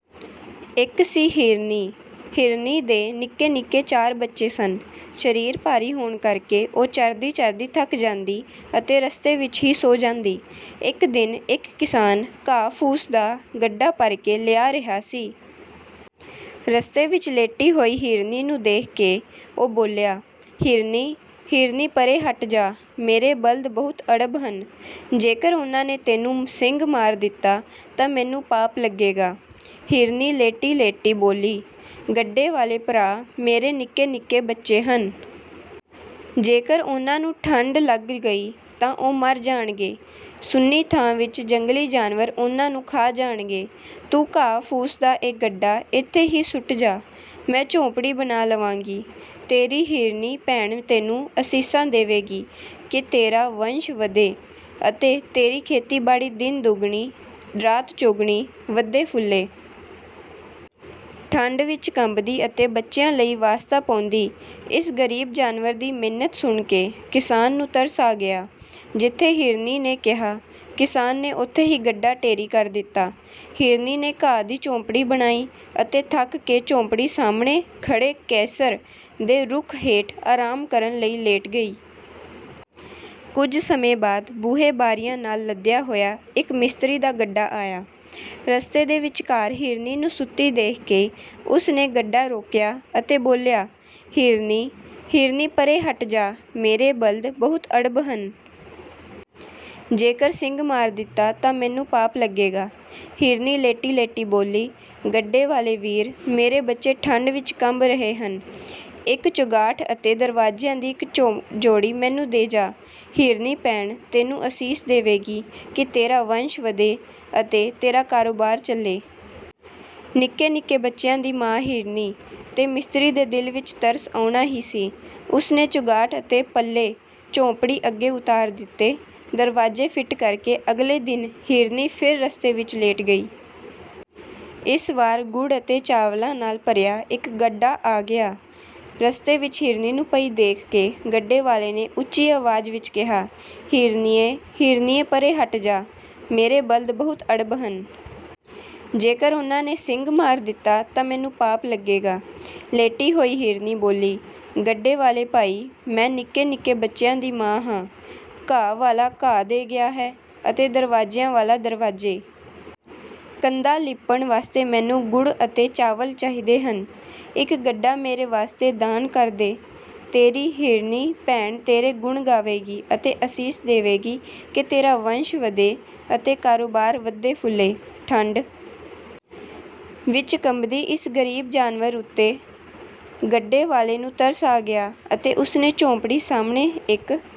ਇੱਕ ਸੀ ਹਿਰਨੀ। ਹਿਰਨੀ ਦੇ ਨਿੱਕੇ-ਨਿੱਕੇ ਚਾਰ ਬੱਚੇ ਸਨ। ਸਰੀਰ ਭਾਰੀ ਹੋਣ ਕਰਕੇ ਉਹ ਚਰਦੀ-ਚਰਦੀ ਥੱਕ ਜਾਂਦੀ ਅਤੇ ਰਸਤੇ ਵਿੱਚ ਹੀ ਸੌਂ ਜਾਂਦੀ। ਇੱਕ ਦਿਨ ਇੱਕ ਕਿਸਾਨ ਘਾਹ-ਫੂਸ ਦਾ ਗੱਡਾ ਭਰ ਕੇ ਲਿਆ ਰਿਹਾ ਸੀ। ਰਸਤੇ ਵਿੱਚ ਲੇਟੀ ਹੋਈ ਹਿਰਨੀ ਨੂੰ ਦੇਖ ਕੇ ਉਹ ਬੋਲਿਆ, "ਹਿਰਨੀ, ਹਿਰਨੀ ਪਰ੍ਹੇ ਹਟ ਜਾ, ਮੇਰੇ ਬਲਦ ਬਹੁਤ ਅੜਬ ਹਨ। ਜੇਕਰ ਉਹਨਾਂ ਨੇ ਤੈਨੂੰ ਸਿੰਗ ਮਾਰ ਦਿੱਤਾ ਤਾਂ ਮੈਨੂੰ ਪਾਪ ਲੱਗੇਗਾ।" ਹਿਰਨੀ ਲੇਟੀ-ਲੇਟੀ ਬੋਲੀ, "ਗੱਡੇ ਵਾਲੇ ਭਰਾ, ਮੇਰੇ ਨਿੱਕੇ-ਨਿੱਕੇ ਬੱਚੇ ਹਨ। ਜੇਕਰ ਉਹਨਾਂ ਨੂੰ ਠੰਢ ਲੱਗ ਗਈ ਤਾਂ ਉਹ ਮਰ ਜਾਣਗੇ, ਸੁੰਨੀ ਥਾਂ ਵਿੱਚ ਜੰਗਲੀ ਜਾਨਵਰ ਉਹਨਾਂ ਨੂੰ ਖਾ ਜਾਣਗੇ। ਤੂੰ ਘਾਹ-ਫੂਸ ਦਾ ਇਹ ਗੱਡਾ ਇੱਥੇ ਹੀ ਸੁੱਟ ਜਾ, ਮੈਂ ਝੌਂਪੜੀ ਬਣਾ ਲਵਾਂਗੀ। ਤੇਰੀ ਹਿਰਨੀ ਭੈਣ ਤੈਨੂੰ ਅਸੀਸਾਂ ਦੇਵੇਗੀ ਕਿ ਤੇਰਾ ਵੰਸ਼ ਵਧੇ ਅਤੇ ਤੇਰੀ ਖੇਤੀਬਾੜੀ ਦਿਨ-ਦੁਗਣੀ ਰਾਤ-ਚੌਗੁਣੀ ਵਧੇ-ਫੁੱਲੇ।" ਠੰਢ ਵਿੱਚ ਕੰਬਦੀ ਅਤੇ ਬੱਚਿਆਂ ਲਈ ਵਾਸਤਾ ਪਾਉਂਦੀ ਇਸ ਗ਼ਰੀਬ ਜਾਨਵਰ ਦੀ ਮਿੰਨਤ ਸੁਣ ਕੇ ਕਿਸਾਨ ਨੂੰ ਤਰਸ ਆ ਗਿਆ। ਜਿੱਥੇ ਹਿਰਨੀ ਨੇ ਕਿਹਾ, ਕਿਸਾਨ ਨੇ ਉੱਥੇ ਹੀ ਗੱਡਾ ਢੇਰੀ ਕਰ ਦਿੱਤਾ। ਹਿਰਨੀ ਨੇ ਘਾਹ ਦੀ ਝੌਂਪੜੀ ਬਣਾਈ ਅਤੇ ਥੱਕ ਕੇ ਝੌਂਪੜੀ ਸਾਹਮਣੇ ਖੜ੍ਹੇ ਕੇਸਰ ਦੇ ਰੁੱਖ ਹੇਠ ਆਰਾਮ ਕਰਨ ਲਈ ਲੇਟ ਗਈ। ਕੁਝ ਸਮੇਂ ਬਾਅਦ ਬੂਹੇ-ਬਾਰੀਆਂ ਨਾਲ ਲੱਦਿਆ ਹੋਇਆ ਇੱਕ ਮਿਸਤਰੀ ਦਾ ਗੱਡਾ ਆਇਆ। ਰਸਤੇ ਦੇ ਵਿਚਕਾਰ ਹਿਰਨੀ ਨੂੰ ਸੁੱਤੀ ਦੇਖ ਕੇ ਉਸ ਨੇ ਗੱਡਾ ਰੋਕਿਆ ਅਤੇ ਬੋਲਿਆ, "ਹਿਰਨੀ, ਹਿਰਨੀ ਪਰ੍ਹੇ ਹਟ ਜਾ, ਮੇਰੇ ਬਲਦ ਬਹੁਤ ਅੜਬ ਹਨ। ਜੇਕਰ ਸਿੰਗ ਮਾਰ ਦਿੱਤਾ ਤਾਂ ਮੈਨੂੰ ਪਾਪ ਲੱਗੇਗਾ।" ਹਿਰਨੀ ਲੇਟੀ-ਲੇਟੀ ਬੋਲੀ, "ਗੱਡੇ ਵਾਲੇ ਵੀਰ, ਮੇਰੇ ਬੱਚੇ ਠੰਢ ਵਿੱਚ ਕੰਬ ਰਹੇ ਹਨ। ਇੱਕ ਚੁਗਾਠ ਅਤੇ ਦਰਵਾਜ਼ਿਆਂ ਦੀ ਇੱਕ ਜੋੜੀ ਮੈਨੂੰ ਦੇ ਜਾ। ਹਿਰਨੀ ਭੈਣ ਤੈਨੂੰ ਅਸੀਸ ਦੇਵੇਗੀ ਕਿ ਤੇਰਾ ਵੰਸ਼ ਵਧੇ ਅਤੇ ਤੇਰਾ ਕਾਰੋਬਾਰ ਚੱਲੇ।" ਨਿੱਕੇ-ਨਿੱਕੇ ਬੱਚਿਆਂ ਦੀ ਮਾਂ ਹਿਰਨੀ 'ਤੇ ਮਿਸਤਰੀ ਦੇ ਦਿਲ ਵਿੱਚ ਤਰਸ ਆਉਣਾ ਹੀ ਸੀ, ਉਸ ਨੇ ਚੁਗਾਠ ਅਤੇ ਪੱਲੇ ਝੌਂਪੜੀ ਅੱਗੇ ਉਤਾਰ ਦਿੱਤੇ। ਦਰਵਾਜ਼ੇ ਫਿੱਟ ਕਰਕੇ ਅਗਲੇ ਦਿਨ ਹਿਰਨੀ ਫਿਰ ਰਸਤੇ ਵਿੱਚ ਲੇਟ ਗਈ। ਇਸ ਵਾਰ ਗੁੜ ਅਤੇ ਚਾਵਲਾਂ ਨਾਲ ਭਰਿਆ ਇੱਕ ਗੱਡਾ ਆ ਗਿਆ। ਰਸਤੇ ਵਿੱਚ ਹਿਰਨੀ ਨੂੰ ਪਈ ਦੇਖ ਕੇ ਗੱਡੇ ਵਾਲੇ ਨੇ ਉੱਚੀ ਆਵਾਜ਼ ਵਿੱਚ ਕਿਹਾ, "ਹਿਰਨੀਏ, ਹਿਰਨੀਏ ਪਰ੍ਹੇ ਹਟ ਜਾ, ਮੇਰੇ ਬਲਦ ਬਹੁਤ ਅੜਬ ਹਨ। ਜੇਕਰ ਉਹਨਾਂ ਨੇ ਸਿੰਗ ਮਾਰ ਦਿੱਤਾ ਤਾਂ ਮੈਨੂੰ ਪਾਪ ਲੱਗੇਗਾ।" ਲੇਟੀ ਹੋਈ ਹਿਰਨੀ ਬੋਲੀ, "ਗੱਡੇ ਵਾਲੇ ਭਾਈ, ਮੈਂ ਨਿੱਕੇ-ਨਿੱਕੇ ਬੱਚਿਆਂ ਦੀ ਮਾਂ ਹਾਂ। ਘਾਹ ਵਾਲਾ ਘਾਹ ਦੇ ਗਿਆ ਹੈ ਅਤੇ ਦਰਵਾਜ਼ਿਆਂ ਵਾਲਾ ਦਰਵਾਜ਼ੇ। ਕੰਧਾਂ ਲਿੱਪਣ ਵਾਸਤੇ ਮੈਨੂੰ ਗੁੜ ਅਤੇ ਚਾਵਲ ਚਾਹੀਦੇ ਹਨ, ਇੱਕ ਗੱਡਾ ਮੇਰੇ ਵਾਸਤੇ ਦਾਨ ਕਰ ਦੇ। ਤੇਰੀ ਹਿਰਨੀ ਭੈਣ ਤੇਰੇ ਗੁਣ ਗਾਵੇਗੀ ਅਤੇ ਅਸੀਸ ਦੇਵੇਗੀ ਕਿ ਤੇਰਾ ਵੰਸ਼ ਵਧੇ ਅਤੇ ਕਾਰੋਬਾਰ ਵਧੇ-ਫੁੱਲੇ।" ਠੰਢ ਵਿੱਚ ਕੰਬਦੀ ਇਸ ਗ਼ਰੀਬ ਜਾਨਵਰ ਉੱਤੇ ਗੱਡੇ ਵਾਲੇ ਨੂੰ ਤਰਸ ਆ ਗਿਆ ਅਤੇ ਉਸ ਨੇ ਝੌਂਪੜੀ ਸਾਹਮਣੇ ਇੱਕ